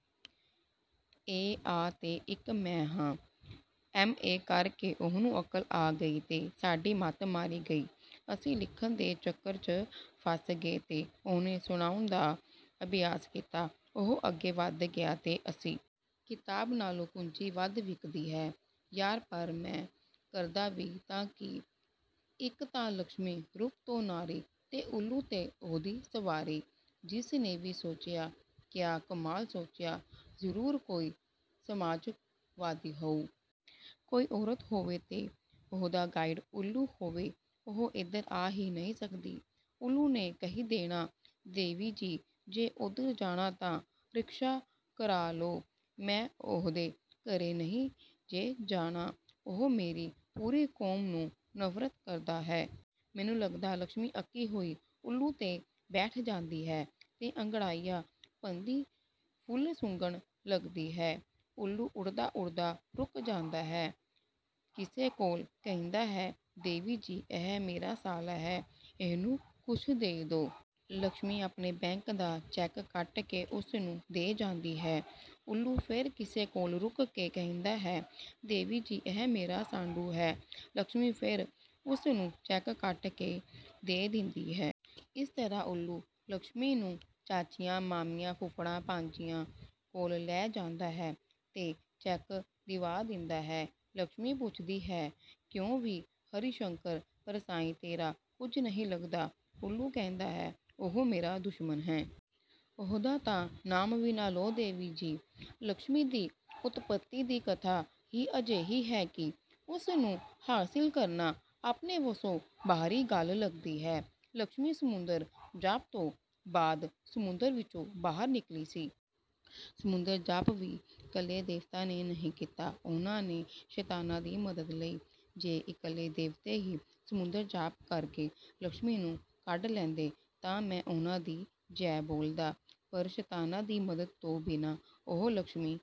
ਏ ਆ ਤੇ ਇੱਕ ਮੈਂ ਹਾਂ। ਐਮ. ਏ ਕਰਕੇ ਉਹਨੂੰ ਅਕਲ ਆ ਗਈ ਤੇ ਸਾਡੀ ਮੱਤ ਮਾਰੀ ਗਈ। ਅਸੀਂ ਲਿਖਣ ਦੇ ਚੱਕਰ 'ਚ ਫਸ ਗਏ ਤੇ ਉਹਨੇ ਸੁਣਾਉਣ ਦਾ ਅਭਿਆਸ ਕੀਤਾ। ਉਹ ਅੱਗੇ ਵਧ ਗਿਆ ਤੇ ਅਸੀਂ? ਕਿਤਾਬ ਨਾਲੋਂ ਕੁੰਜੀ ਵੱਧ ਵਿਕਦੀ ਹੈ। ਯਾਰ, ਪਰ ਮੈਂ ਕਰਦਾ ਵੀ ਤਾਂ ਕੀ? ਇੱਕ ਤਾਂ ਲੱਛਮੀ ਰੂਪ ਤੋਂ ਨਾਰੀ, ਤੇ ਉੱਲੂ ਤੇ ਉਹਦੀ ਸਵਾਰੀ। ਜਿਸਨੇ ਵੀ ਸੋਚਿਆ ਕਿਆ ਕਮਾਲ ਸੋਚਿਆ। ਜਰੂਰ ਕੋਈ ਸਮਾਜਵਾਦੀ ਹੋਊ। ਕੋਈ ਔਰਤ ਹੋਵੇ ਤੇ ਉਹਦਾ 'ਗਾਈਡ' ਉੱਲੂ ਹੋਵੇ ਉਹ ਇੱਧਰ ਆ ਹੀ ਨਹੀਂ ਸਕਦੀ। ਉੱਲੂ ਨੇ ਕਹਿ ਦੇਣਾ- 'ਦੇਵੀ ਜੀ ਜੇ ਉੱਧਰ ਜਾਣਾ ਤਾਂ ਰਿਕਸ਼ਾ ਕਰਾਲੋ। ਮੈਂ ਉਹਦੇ ਘਰੇ ਨਹੀਂ ਜੇ ਜਾਣਾ। ਉਹ ਮੇਰੀ ਪੂਰੀ ਕੌਮ ਨੂੰ ਨਫਰਤ ਕਰਦਾ ਹੈ। ਮੈਨੂੰ ਲੱਗਦਾ, ਲੱਛਮੀ ਅੱਕੀ ਹੋਈ ਉੱਲੂ ਤੇ ਬੈਠ ਜਾਂਦੀ ਹੈ ਤੇ ਅੰਗੜਾਈਆਂ ਭੰਨਦੀ ਫੁੱਲ ਸੁੰਘਣ ਲੱਗਦੀ ਹੈ। ਉੱਲੂ ਉੱਡਦਾ-ਉੱਡਦਾ ਰੁਕ ਜਾਂਦਾ ਹੈ, ਕਿਸੇ ਕੋਲ। ਕਹਿੰਦਾ ਹੈ- 'ਦੇਵੀ ਜੀ, ਇਹ ਮੇਰਾ ਸਾਲਾ ਹੈ। ਇਹਨੂੰ ਕੁਛ ਦੇ ਦੋ। ' ਲੱਛਮੀ ਆਪਣੇ ਬੈਂਕ ਦਾ ਚੈੱਕ ਕੱਟ ਕੇ ਉਸਨੂੰ ਦੇ ਜਾਂਦੀ ਹੈ।। ਉੱਲੂ ਫੇਰ ਕਿਸੇ ਕੋਲ ਰੁਕ ਕੇ ਕਹਿੰਦਾ ਹੈ- ਦੇਵੀ ਜੀ, ਇਹ ਮੇਰਾ ਸਾਢੂ ਹੈ। ਲੱਛਮੀ ਫੇਰ ਉਸਨੂੰ ਚੈੱਕ ਕੱਟ ਕੇ ਦੇ ਦਿੰਦੀ ਹੈ। ਇਸ ਤਰਾਂ ਉੱਲੂ, ਲੱਛਮੀ ਨੂੰ ਚਾਚਿਆਂ, ਮਾਮਿਆਂ, ਫੁੱਫੜਾਂ, ਭਤੀਜਿਆਂ ਕੋਲ ਲੈ ਜਾਂਦਾ ਹੈ ਤੇ ਚੈਕ ਦਿਵਾ ਦਿੰਦਾ ਹੈ। ਲੱਛਮੀ ਪੁੱਛਦੀ ਹੈ, "ਕਿਉਂ ਵੀ ਹਰੀਸ਼ੰਕਰ ਪਰਸਾਈ, ਤੇਰਾ ਕੁਝ ਨੀਂ ਲੱਗਦਾ? " ਉੱਲੂ ਕਹਿੰਦਾ ਹੈ, "ਉਹ ਮੇਰਾ ਦੁਸ਼ਮਣ ਹੈ। ਉਹਦਾ ਤਾਂ ਨਾਮ ਵੀ ਨਾਂ ਲਿਉ ਦੇਵੀ ਜੀ! " ਲੱਛਮੀ ਦੀ ਉਤਪਤੀ ਦੀ ਕਥਾ ਹੀ ਅਜਿਹੀ ਹੈ ਕਿ ਉਸ ਨੂੰ ਹਾਸਿਲ ਕਰਨਾ ਆਪਣੇ ਵੱਸੋਂ ਬਾਹਰੀ ਗੱਲ ਲੱਗਦੀ ਹੈ। ਲੱਛਮੀ ਸਮੁੰਦਰ ਜਾਪ ਤੋਂ ਬਾਅਦ ਸਮੁੰਦਰ ਵਿੱਚੋਂ ਬਾਹਰ ਨਿੱਕਲੀ ਸੀ। ਸਮੁੰਦਰ ਜਾਪ ਵੀ 'ਕੱਲੇ ਦੇਵਤਾਵਾਂ ਨੇ ਨੀਂ ਕੀਤਾ। ਉਹਨਾਂ ਨੇ ਸ਼ੈਤਾਨਾਂ ਦੀ ਮਦਦ ਲਈ। ਜੇ ਇਕੱਲੇ ਦੇਵਤੇ ਹੀ ਸਮੁੰਦਰ ਜਾਪ ਕਰਕੇ ਲੱਛਮੀ ਨੂੰ ਕੱਢ ਲੈਂਦੇ, ਤਾਂ ਮੈਂ ਉਹਨਾਂ ਦੀ ਜੈ ਬੋਲਦਾ। ਪਰ 'ਸ਼ੈਤਾਨਾਂ' ਦੀ ਮਦਦ ਤੋਂ ਬਿਨਾਂ ਉਹ ਲੱਛਮੀ